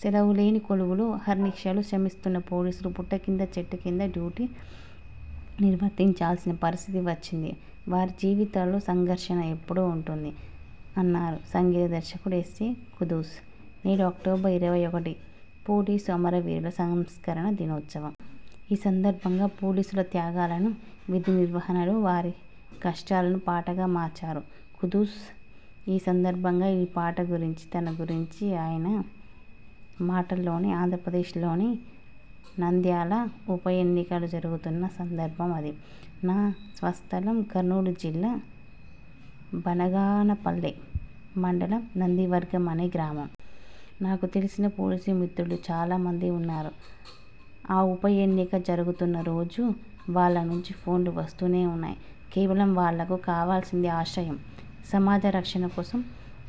సెలవు లేని కొలువులో అహర్నిశలూ శ్రమిస్తున్న పోలీసులు పుట్ట కింద, చెట్టు కింద డ్యూటీ నిర్వర్తించాల్సిన పరిస్థితి వచ్చింది. వారి జీవితాల్లో సంఘర్షణ ఎప్పుడూ ఉంటుంది అన్నారు సంగీత దర్శకుడు ఎస్. ఎ ఖుద్దూస్. నేడు అక్టోబర్ ఇరవై ఒకటి పోలీసు అమరవీరుల సంస్మరణ దినోత్సవం. ఈ సందర్భంగా పోలీసుల త్యాగాలను, విధి నిర్వహణలో వారి కష్టాలను పాటగా మార్చారు ఖుద్దూస్ ఈ సందర్భంగా ఈ పాట గురించి, తన గురించి ఆయన మాటల్లోనే! ఆంధ్రప్రదేశ్లోని నంద్యాల ఉప ఎన్నికలు జరుగుతున్న సందర్భం అది. నా స్వస్థలం కర్నూలు జిల్లా బనగానపల్లె మండలం నందివర్గం అనే గ్రామం. నాకు తెలిసిన పోలీసు మిత్రులు చాలా మంది ఉన్నారు. ఆ ఉప ఎన్నిక జరుగుతున్న రోజు వాళ్ల నుంచి ఫోన్లు వస్తూనే ఉన్నాయి. కేవలం వాళ్లకు కావాల్సింది ఆశ్రయం. సమాజ రక్షణ కోసం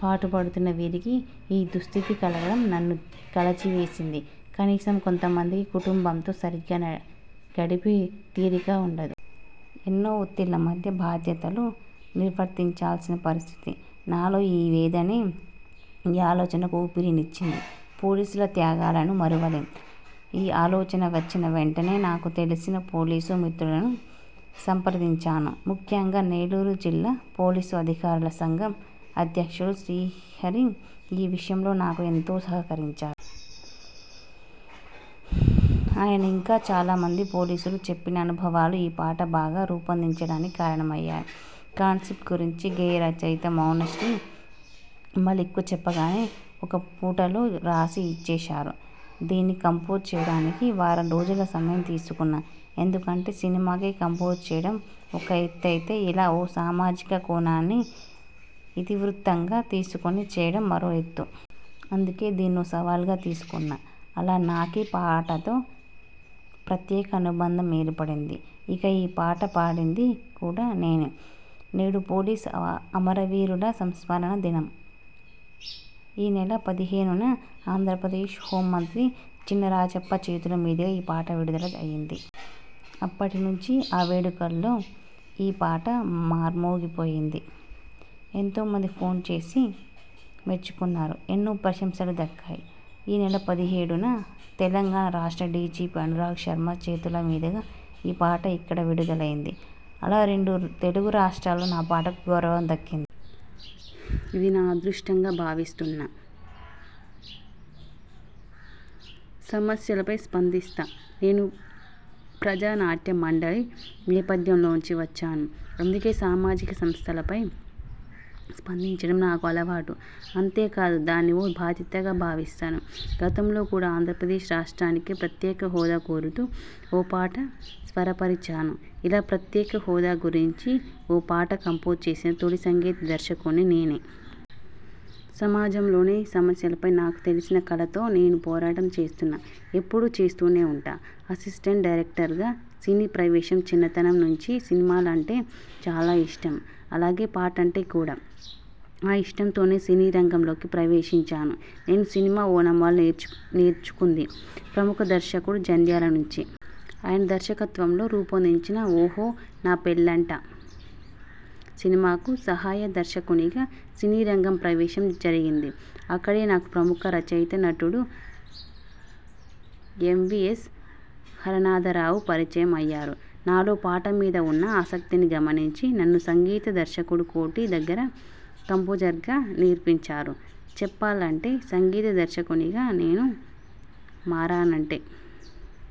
పాటుపడుతున్న వీరికి ఈ దుఃస్థితి కలగడం నన్ను కలచివేసింది. కనీసం కొంత మందికి కుటుంబంతో సరిగ్గా గడిపే తీరికా ఉండదు. ఎన్నో ఒత్తిళ్ల మధ్య బాధ్యతలు నిర్వర్తించాల్సిన పరిస్థితి. నాలో ఈ వేదనే ఈ ఆలోచనకు ఊపిరినిచ్చింది. పోలీసుల త్యాగాలను మరువలేం ఈ ఆలోచన వచ్చిన వెంటనే నాకు తెలిసిన పోలీసు మిత్రులను సంప్రదించాను. ముఖ్యంగా నెల్లూరు జిల్లా పోలీసు అధికారుల సంఘం అధ్యక్షులు శ్రీహరి ఈ విషయంలో నాకు ఎంతో సహకరించారు. ఆయన, ఇంకా చాలా మంది పోలీసులు చెప్పిన అనుభవాలు ఈ పాట బాగా రూపొందడానికి కారణమయ్యాయి. కాన్సెప్ట్ గురించి గేయ రచయిత మౌనశ్రీ మల్లిక్కు చెప్పగానే, ఒక్క పూటలో రాసి ఇచ్చేశారు. దీన్ని కంపోజ్ చేయడానికి వారం రోజుల సమయం తీసుకున్నా. ఎందుకంటే సినిమాకీ కంపోజ్ చేయడం ఒక ఎత్తయితే ఇలా ఓ సామాజిక కోణాన్ని ఇతివృత్తంగా తీసుకుని చేయడం మరో ఎత్తు. అందుకే దీన్నో సవాల్గా తీసుకున్నా. అలా నాకీ పాటతో ప్రత్యేక అనుబంధం ఏర్పడింది. ఇక ఈ పాట పాడింది కూడా నేనే. నేడు పోలీసు అమరవీరుల సంస్మరణ దినం. ఈ నెల పదిహేనున ఆంధ్రప్రదేశ్ హోంమంత్రి చినరాజప్ప చేతుల మీదుగా ఈ పాట విడుదల అయింది. అప్పటి నుంచి ఆ వేడుకల్లో ఈ పాట మార్మోగిపోయింది. ఎంతో మంది ఫోన్ చేసి మెచ్చుకున్నారు. ఎన్నో ప్రశంసలు దక్కాయి. ఈ నెల పదిహేడున తెలంగాణ రాష్ట్ర డీజీపీ అనురాగ్ శర్మ చేతుల మీదుగా ఈ పాట ఇక్కడ విడుదలైంది. అలా రెండు తెలుగు రాష్ట్రాల్లో నా పాటకు గౌరవం దక్కింది. ఇది నా అదృష్టంగా భావిస్తున్నా. సమస్యలపై స్పందిస్తా నేను ప్రజానాట్య మండలి నేపథ్యంలోంచి వచ్చాను. అందుకే సామాజిక సమస్యలపై స్పందించడం నాకు అలవాటు. అంతేకాదు దాన్ని ఓ బాధ్యతగా భావిస్తాను. గతంలో కూడా ఆంధ్రప్రదేశ్ రాష్ట్రానికి ప్రత్యేక హోదా కోరుతూ ఓ పాట స్వరపరిచాను. ఇలా ప్రత్యేక హోదా గురించి ఓ పాట కంపోజ్ చేసిన తొలి సంగీత దర్శకుణ్ణి నేనే. సమాజంలోని సమస్యలపై నాకు తెలిసిన కళతో నేను పోరాటం చేస్తున్నా. ఎప్పుడూ చేస్తూనే ఉంటా. అసిస్టెంట్ డైరెక్టర్గా సినీ ప్రవేశం చిన్నతనం నుంచి సినిమాలంటే చాలా ఇష్టం. అలాగే పాటంటే కూడా! ఆ ఇష్టంతోనే సినీ రంగంలోకి ప్రవేశించాను. నేను సినిమా ఓనమాలు నేర్చుకుంది ప్రముఖ దర్శకుడు జంధ్యాల నుంచే. ఆయన దర్శకత్వంలో రూపొందించిన 'ఓహో నా పెళ్లంట' సినిమాకు సహాయ దర్శకునిగా సినీరంగం ప్రవేశం జరిగింది. అక్కడే నాకు ప్రముఖ రచయిత, నటుడు ఎం. వి. ఎస్ హరనాథరావు పరిచయం అయ్యారు. నాలో పాట మీద ఉన్న ఆసక్తిని గమనించి, నన్ను సంగీత దర్శకుడు కోటి దగ్గర కంపోజర్గా చేర్పించారు. చెప్పాలంటే, సంగీత దర్శకునిగా నేను మారానంటే